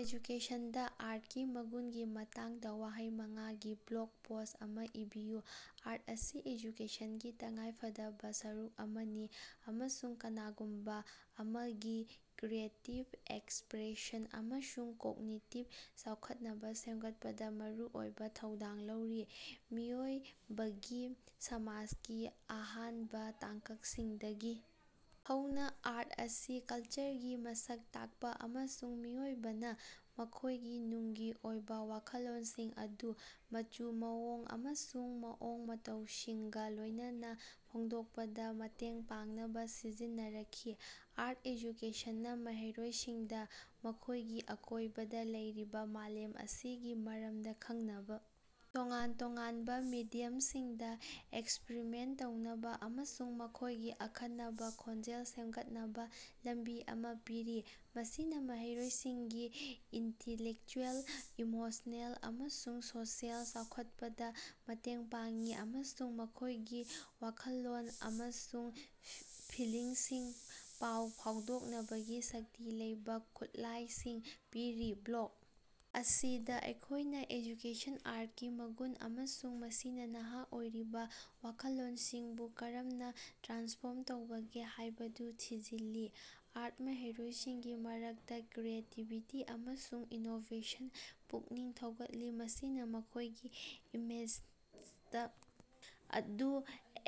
ꯑꯦꯖꯨꯀꯦꯁꯟꯗ ꯑꯥꯔꯠꯀꯤ ꯃꯒꯨꯟꯒꯤ ꯃꯇꯥꯡꯗ ꯋꯥꯍꯩ ꯆꯥꯃꯉꯥ ꯒꯤ ꯕ꯭ꯂꯣꯛ ꯄꯣꯁ ꯑꯃ ꯏꯕꯤꯌꯨ꯫ ꯑꯥꯔꯠ ꯑꯁꯤ ꯑꯦꯖꯨꯀꯦꯁꯟꯒꯤ ꯇꯉꯥꯏꯐꯗꯕ ꯁꯔꯨꯛ ꯑꯃꯅꯤ ꯑꯃꯁꯨꯡ ꯀꯅꯥꯒꯨꯝꯕ ꯑꯃꯒꯤ ꯀ꯭ꯔꯤꯌꯦꯇꯤꯞ ꯑꯦꯛꯁꯄ꯭ꯔꯦꯁꯟ ꯑꯃꯁꯨꯡ ꯀꯣꯛꯅꯤꯇꯤꯞ ꯆꯥꯎꯈꯠꯅꯕ ꯁꯦꯝꯒꯠꯄꯗ ꯃꯔꯨꯑꯣꯏꯕ ꯊꯧꯗꯥꯡ ꯂꯧꯔꯤ꯫ ꯃꯤꯑꯣꯏꯕꯒꯤ ꯁꯃꯥꯖꯀꯤ ꯑꯍꯥꯟꯕ ꯇꯥꯡꯀꯛꯁꯤꯡꯗꯒꯤ ꯍꯧꯅ ꯑꯥꯔꯠ ꯑꯁꯤ ꯀꯜꯆꯔꯒꯤ ꯃꯁꯛ ꯇꯥꯛꯄ ꯑꯃꯁꯨꯡ ꯃꯤꯑꯣꯏꯕꯅ ꯃꯈꯣꯏꯒꯤ ꯅꯨꯡꯒꯤ ꯑꯣꯏꯕ ꯋꯥꯈꯜꯂꯣꯟꯁꯤꯡ ꯑꯗꯨ ꯃꯆꯨ, ꯃꯑꯣꯡ ꯑꯃꯁꯨꯡ ꯃꯑꯣꯡ ꯃꯇꯧꯁꯤꯡꯒ ꯂꯣꯏꯅꯅ ꯐꯣꯡꯗꯣꯛꯄꯗ ꯃꯇꯦꯡ ꯄꯥꯡꯅꯕ ꯁꯤꯖꯤꯟꯅꯔꯛꯈꯤ꯫ ꯑꯥꯔꯠ ꯑꯦꯖꯨꯀꯦꯁꯟꯅ ꯃꯍꯩꯔꯣꯏꯁꯤꯡꯗ ꯃꯈꯣꯏꯒꯤ ꯑꯀꯣꯏꯕꯗ ꯂꯩꯔꯤꯕ ꯃꯥꯂꯦꯝ ꯑꯁꯤꯒꯤ ꯃꯔꯝꯗ ꯈꯪꯅꯕ, ꯇꯣꯉꯥꯟ-ꯇꯣꯉꯥꯟꯕ ꯃꯦꯗꯤꯌꯝꯁꯤꯡꯗ ꯑꯦꯛꯁꯄ꯭ꯔꯤꯃꯦꯟꯇ ꯇꯧꯅꯕ ꯑꯃꯁꯨꯡ ꯃꯈꯣꯏꯒꯤ ꯑꯈꯟꯅꯕ ꯈꯣꯟꯖꯦꯜ ꯁꯦꯝꯒꯠꯅꯕ ꯂꯝꯕꯤ ꯑꯃ ꯄꯤꯔꯤ꯫ ꯃꯁꯤꯅ ꯃꯍꯩꯔꯣꯏꯁꯤꯡꯒꯤ ꯏꯟꯇꯦꯂꯦꯛꯆꯨꯑꯦꯜ, ꯏꯃꯣꯁꯅꯦꯜ, ꯑꯃꯁꯨꯡ ꯁꯣꯁꯤꯑꯦꯜ ꯆꯥꯎꯈꯠꯄꯗ ꯃꯇꯦꯡ ꯄꯥꯡꯏ ꯑꯃꯁꯨꯡ ꯃꯈꯣꯏꯒꯤ ꯋꯥꯈꯜꯂꯣꯟ ꯑꯃꯁꯨꯡ ꯐꯤꯜꯂꯤꯡꯁꯤꯡ ꯄꯥꯎ ꯐꯥꯎꯗꯣꯛꯅꯕꯒꯤ ꯁꯛꯇꯤ ꯂꯩꯕ ꯈꯨꯠꯂꯥꯏꯁꯤꯡ ꯄꯤꯔꯤ꯫ ꯕ꯭ꯂꯣꯛ ꯑꯁꯤꯗ ꯑꯩꯈꯣꯏꯅ ꯑꯦꯖꯨꯀꯦꯁꯟ ꯑꯥꯔꯠꯀꯤ ꯃꯒꯨꯟ ꯑꯃꯁꯨꯡ ꯃꯁꯤꯅ ꯅꯍꯥ ꯑꯣꯏꯔꯤꯕ ꯋꯥꯈꯜꯂꯣꯟꯁꯤꯡꯕꯨ ꯀꯔꯝꯅ ꯇ꯭ꯔꯥꯟꯁꯐꯣꯔꯝ ꯇꯧꯕꯒꯦ ꯍꯥꯏꯕꯗꯨ ꯊꯤꯖꯤꯜꯂꯤ꯫ ꯑꯥꯔꯠꯅ ꯃꯍꯩꯔꯣꯏꯁꯤꯡꯒꯤ ꯃꯔꯛꯇ ꯀ꯭ꯔꯤꯌꯦꯇꯤꯕꯤꯇꯤ ꯑꯃꯁꯨꯡ ꯏꯅꯣꯕꯦꯁꯟ ꯄꯨꯛꯅꯤꯡ ꯊꯧꯒꯠꯂꯤ꯫ ꯃꯁꯤꯅ ꯃꯈꯣꯏꯒꯤ ꯏꯃꯦꯖꯃꯦꯟꯇ ꯑꯗꯨ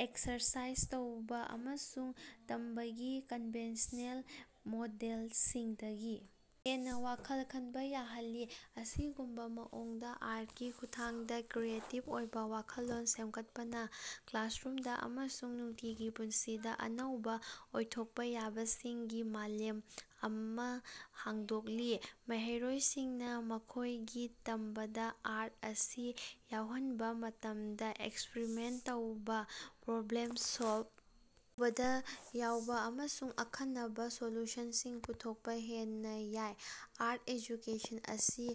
ꯑꯦꯛꯁꯔꯁꯥꯏꯖ ꯇꯧꯕꯥ ꯑꯃꯁꯨꯡ ꯇꯝꯕꯒꯤ ꯀꯟꯚꯦꯟꯁꯅꯦꯜ ꯃꯣꯗꯦꯜꯁꯤꯡꯗꯒꯤ ꯍꯦꯟꯅ ꯋꯥꯈꯜ ꯈꯟꯕ ꯌꯥꯍꯜꯂꯤ꯫ ꯑꯁꯤꯒꯨꯝꯕꯥ ꯃꯑꯣꯡꯗ, ꯑꯥꯔꯠꯀꯤ ꯈꯨꯠꯊꯥꯡꯗ ꯀ꯭ꯔꯤꯌꯦꯇꯤꯞ ꯑꯣꯏꯕ ꯋꯥꯈꯜꯂꯣꯟ ꯁꯦꯝꯒꯠꯄꯅ ꯀ꯭ꯂꯥꯁꯔꯨꯝꯗ ꯑꯃꯁꯨꯡ ꯅꯨꯡꯇꯤꯒꯤ ꯄꯨꯟꯁꯤꯗ ꯑꯅꯧꯕ ꯑꯣꯏꯊꯣꯛꯄ ꯌꯥꯕꯁꯤꯡꯒꯤ ꯃꯥꯂꯦꯝ ꯑꯃ ꯍꯥꯡꯗꯣꯛꯂꯤ꯫ ꯃꯍꯩꯔꯣꯏꯁꯤꯡꯅ ꯃꯈꯣꯏꯒꯤ ꯇꯝꯕꯗ ꯑꯥꯔꯠ ꯑꯁꯤ ꯌꯥꯎꯍꯟꯕ ꯃꯇꯝꯗ ꯑꯦꯛꯁꯄ꯭ꯔꯤꯃꯦꯟꯇ ꯇꯧꯕ, ꯄ꯭ꯔꯣꯕ꯭ꯂꯦꯝ ꯁꯣꯜꯕ ꯇꯧꯕꯗ ꯌꯥꯎꯕ ꯑꯃꯁꯨꯡ ꯑꯈꯟꯅꯕ ꯁꯣꯂꯨꯁꯟꯁꯤꯡ ꯄꯨꯊꯣꯛꯄ ꯍꯦꯟꯅ ꯌꯥꯏ꯫ ꯑꯥꯔꯠ ꯑꯦꯖꯨꯀꯦꯁꯟ ꯑꯁꯤ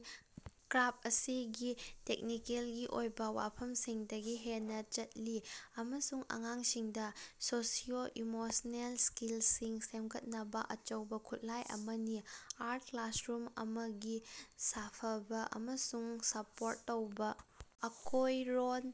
ꯀ꯭ꯔꯥꯐ ꯑꯁꯤꯒꯤ ꯇꯦꯛꯅꯤꯀꯦꯜꯒꯤ ꯑꯣꯏꯕ ꯋꯥꯐꯝꯁꯤꯡꯗꯒꯤ ꯍꯦꯟꯅ ꯆꯠꯂꯤ ꯑꯃꯁꯨꯡ ꯑꯉꯥꯡꯁꯤꯡꯗ ꯁꯣꯁꯤꯑꯣ-ꯏꯃꯣꯁꯅꯦꯜ ꯁ꯭ꯀꯤꯜꯁꯤꯡ ꯁꯦꯝꯒꯠꯅꯕ ꯑꯆꯧꯕ ꯈꯨꯠꯂꯥꯏ ꯑꯃꯅꯤ꯫ ꯑꯥꯔꯠ ꯀ꯭ꯂꯥꯁꯔꯨꯝ ꯑꯃꯒꯤ ꯁꯥꯐꯕ ꯑꯃꯁꯨꯡ ꯁꯄꯣ꯭ꯔꯠ ꯇꯧꯕ ꯑꯀꯣꯏꯔꯣꯟ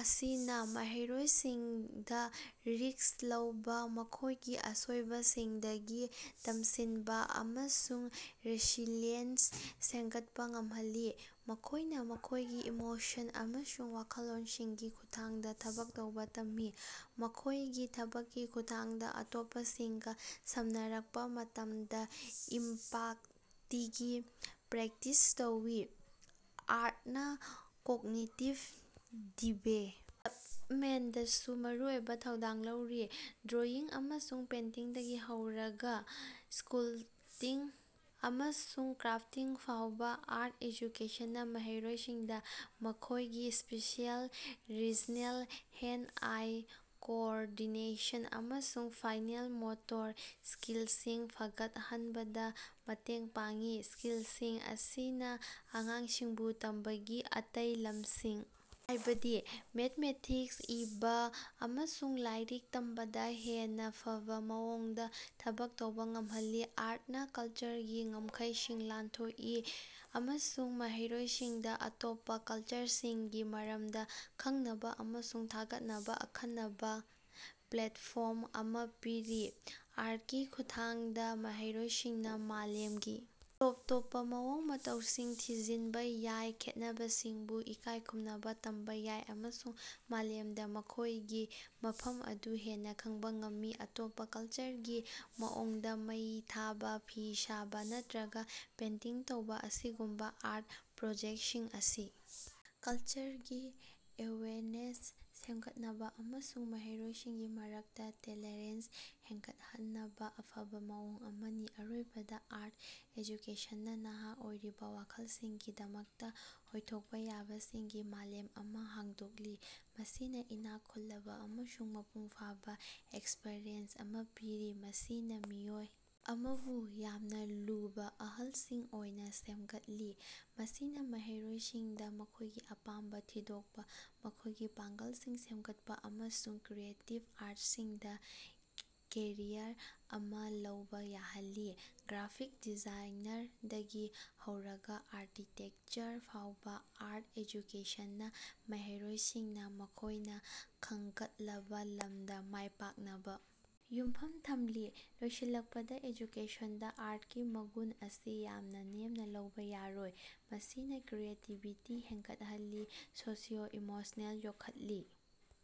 ꯑꯁꯤꯅ ꯃꯍꯩꯔꯣꯏꯁꯤꯡꯗ ꯔꯤꯁ꯭ꯛ ꯂꯧꯕ, ꯃꯈꯣꯏꯒꯤ ꯑꯁꯣꯏꯕꯁꯤꯡꯗꯒꯤ ꯇꯝꯁꯤꯟꯕ ꯑꯃꯁꯨꯡ ꯔꯦꯁꯤꯂꯤꯌꯦꯟꯁ ꯁꯦꯝꯒꯠꯄ ꯉꯝꯍꯜꯂꯤ꯫ ꯃꯈꯣꯢꯅ ꯃꯈꯣꯏꯒꯤ ꯏꯃꯣꯁꯟ ꯑꯃꯁꯨꯡ ꯋꯥꯈꯜꯂꯣꯟꯁꯤꯡꯒꯤ ꯈꯨꯠꯊꯥꯡꯗ ꯊꯕꯛ ꯇꯧꯕ ꯇꯝꯃꯤ, ꯃꯈꯣꯏꯒꯤ ꯊꯕꯛꯀꯤ ꯈꯨꯠꯊꯥꯡꯗ ꯑꯇꯣꯞꯄꯁꯤꯡꯒ ꯁꯝꯅꯔꯛꯄ ꯃꯇꯝꯗ ꯏꯝꯄꯥꯇꯤꯒꯤ ꯄ꯭ꯔꯦꯛꯇꯤꯁ ꯇꯧꯏ꯫ ꯑꯥꯔꯠꯅ ꯀꯣꯒꯅꯤꯇꯤꯚ ꯗꯤꯚꯦ ꯂꯞꯃꯦꯟꯠꯗꯁꯨ ꯃꯔꯨꯑꯣꯏꯕ ꯊꯧꯗꯥꯡ ꯂꯧꯔꯤ꯫ ꯗ꯭ꯔꯣꯏꯪ ꯑꯃꯁꯨꯡ ꯄꯦꯟꯇꯤꯡꯗꯒꯤ ꯍꯧꯔꯒ ꯁ꯭ꯀꯜꯞꯇꯤꯡ ꯑꯃꯁꯨꯡ ꯀ꯭ꯔꯥꯞꯇꯤꯡ ꯐꯥꯎꯕ, ꯑꯥꯔꯠ ꯑꯦꯖꯨꯀꯦꯁꯟꯅ ꯃꯍꯩꯔꯣꯏꯁꯤꯡꯗ ꯃꯈꯣꯏꯒꯤ ꯁ꯭ꯄꯦꯁꯤꯑꯦꯜ ꯔꯤꯖꯅꯦꯜ, ꯍꯦꯟ-ꯑꯥꯏ ꯀꯣꯑꯣꯔꯗꯤꯅꯦꯁꯟ, ꯑꯃꯁꯨꯡ ꯐꯥꯏꯅꯦꯜ ꯃꯣꯇꯣꯔ ꯁ꯭ꯀꯤꯜꯁꯤꯡ ꯐꯒꯠꯍꯟꯕꯗ ꯃꯇꯦꯡ ꯄꯥꯡꯏ꯫ ꯁ꯭ꯀꯤꯜꯁꯤꯡ ꯑꯁꯤꯅ ꯑꯉꯥꯡꯁꯤꯡꯕꯨ ꯇꯝꯕꯒꯤ ꯑꯇꯩ ꯂꯝꯁꯤꯡ ꯍꯥꯏꯕꯗꯤ ꯃꯦꯊꯃꯦꯇꯤꯛꯁ, ꯏꯕ, ꯑꯃꯁꯨꯡ ꯂꯥꯏꯔꯤꯛ ꯇꯝꯕꯗ ꯍꯦꯟꯅ ꯐꯕ ꯃꯑꯣꯡꯗ ꯊꯕꯛ ꯇꯧꯕ ꯉꯝꯍꯜꯂꯤ꯫ ꯑꯥꯔꯠꯅ ꯀꯜꯆꯔꯒꯤ ꯉꯝꯈꯩꯁꯤꯡ ꯂꯥꯟꯊꯣꯛꯏ ꯑꯃꯁꯨꯡ ꯃꯍꯩꯔꯣꯏꯁꯤꯡꯗ ꯑꯇꯣꯞꯄ ꯀꯜꯆꯔꯁꯤꯡꯒꯤ ꯃꯔꯝꯗ ꯈꯪꯅꯕ ꯑꯃꯁꯨꯡ ꯊꯥꯒꯠꯅꯕ ꯑꯈꯟꯅꯕ ꯄ꯭ꯂꯦꯠꯐꯣ ꯔꯝ ꯑꯃ ꯄꯤꯔꯤ꯫ ꯑꯥꯔꯠꯀꯤ ꯈꯨꯠꯊꯥꯡꯗ ꯃꯍꯩꯔꯣꯏꯁꯤꯡꯅ ꯃꯥꯂꯦꯝꯒꯤ ꯇꯣꯞ ꯇꯣꯞꯄ ꯃꯑꯣꯡ ꯃꯇꯧꯁꯤꯡ ꯊꯤꯖꯤꯟꯕ ꯌꯥꯏ, ꯈꯦꯠꯅꯕꯁꯤꯡꯕꯨ ꯏꯀꯥꯏ ꯈꯨꯝꯅꯕ ꯇꯝꯕ ꯌꯥꯏ ꯑꯃꯁꯨꯡ ꯃꯥꯂꯦꯝꯗ ꯃꯈꯣꯏꯒꯤ ꯃꯐꯝ ꯑꯗꯨ ꯍꯦꯟꯅ ꯈꯪꯕ ꯉꯝꯃꯤ꯫ ꯑꯇꯣꯞꯄ ꯀꯜꯆꯔꯒꯤ ꯃꯑꯣꯡꯗ ꯃꯩ ꯊꯥꯕ, ꯐꯤ ꯁꯥꯕ, ꯅꯠꯇ꯭ꯔꯒ ꯄꯦꯟꯇꯤꯡ ꯇꯧꯕ ꯑꯁꯤꯒꯨꯝꯕ ꯑꯥꯔꯠ ꯄ꯭ꯔꯣꯖꯦꯛꯁꯤꯡ ꯑꯁꯤ ꯀꯜꯆꯔꯒꯤ ꯑꯦꯋꯦꯌꯔꯅꯦꯁ ꯁꯦꯝꯒꯠꯅꯕ ꯑꯃꯁꯨꯡ ꯃꯍꯩꯔꯣꯏꯁꯤꯡꯒꯤ ꯃꯔꯛꯇ ꯇꯦꯂꯦꯔꯦꯟꯁ ꯍꯦꯟꯒꯠꯍꯟꯅꯕ ꯑꯐꯕ ꯃꯑꯣꯡ ꯑꯃꯅꯤ꯫ ꯑꯔꯣꯏꯕꯗ, ꯑꯥꯔꯠ ꯑꯦꯖꯨꯀꯦꯁꯟꯅ ꯅꯍꯥ ꯑꯣꯏꯔꯤꯕ ꯋꯥꯈꯜꯁꯤꯡꯒꯤꯗꯃꯛꯇ ꯑꯣꯏꯊꯣꯛꯄ ꯌꯥꯕꯁꯤꯡꯒꯤ ꯃꯥꯂꯦꯝ ꯑꯃ ꯍꯥꯡꯗꯣꯛꯂꯤ꯫ ꯃꯁꯤꯅ ꯏꯅꯥꯛ ꯈꯨꯜꯂꯕ ꯑꯃꯁꯨꯡ ꯃꯄꯨꯡ ꯐꯥꯕ ꯑꯦꯛꯁꯄꯔꯤꯌꯦꯟꯁ ꯑꯃ ꯄꯤꯔꯤ, ꯃꯁꯤꯅ ꯃꯤꯑꯣꯏ ꯑꯃꯕꯨ ꯌꯥꯝꯅ ꯂꯨꯕ ꯑꯍꯜꯁꯤꯡ ꯑꯣꯏꯅ ꯁꯦꯝꯒꯠꯂꯤ꯫ ꯃꯁꯤꯅ ꯃꯍꯩꯔꯣꯏꯁꯤꯡꯗ ꯃꯈꯣꯏꯒꯤ ꯑꯄꯥꯝꯕ ꯊꯤꯗꯣꯛꯄ, ꯃꯈꯣꯏꯒꯤ ꯄꯥꯡꯒꯜꯁꯤꯡ ꯁꯦꯝꯒꯠꯄ ꯑꯃꯁꯨꯡ ꯀ꯭ꯔꯤꯌꯦꯇꯤꯞ ꯑꯥꯔꯠꯁꯤꯡꯗ ꯀꯦꯔꯤꯌꯔ ꯑꯃ ꯂꯧꯕ ꯌꯥꯍꯜꯂꯤ꯫ ꯒ꯭ꯔꯥꯐꯤꯛ ꯗꯤꯖꯥꯏꯅꯔꯗꯒꯤ ꯍꯧꯔꯒ ꯑꯥꯔꯀꯤꯇꯦꯛꯆꯔ ꯐꯥꯎꯕ, ꯑꯥꯔꯠ ꯑꯦꯖꯨꯀꯦꯁꯟꯅ ꯃꯍꯩꯔꯣꯏꯁꯤꯡꯅ ꯃꯈꯣꯏꯅ ꯈꯟꯒꯠꯂꯕ ꯂꯝꯗ ꯃꯥꯏꯄꯥꯛꯅꯕ ꯌꯨꯝꯐꯝ ꯊꯝꯂꯤ꯫ ꯂꯣꯏꯁꯤꯜꯂꯛꯄꯗ, ꯑꯦꯖꯨꯀꯦꯁꯟꯗ ꯑꯥꯔꯠꯀꯤ ꯃꯒꯨꯟ ꯑꯁꯤ ꯌꯥꯝꯅ ꯅꯦꯝꯅ ꯂꯧꯕ ꯌꯥꯔꯣꯏ꯫ ꯃꯁꯤꯅ ꯀ꯭ꯔꯤꯌꯦꯇꯤꯕꯤꯇꯤ ꯍꯦꯟꯒꯠꯍꯜꯂꯤ, ꯁꯣꯁꯤꯑꯣ-ꯏꯃꯣꯁꯅꯦꯜ ꯌꯣꯛꯈꯠꯂꯤ꯫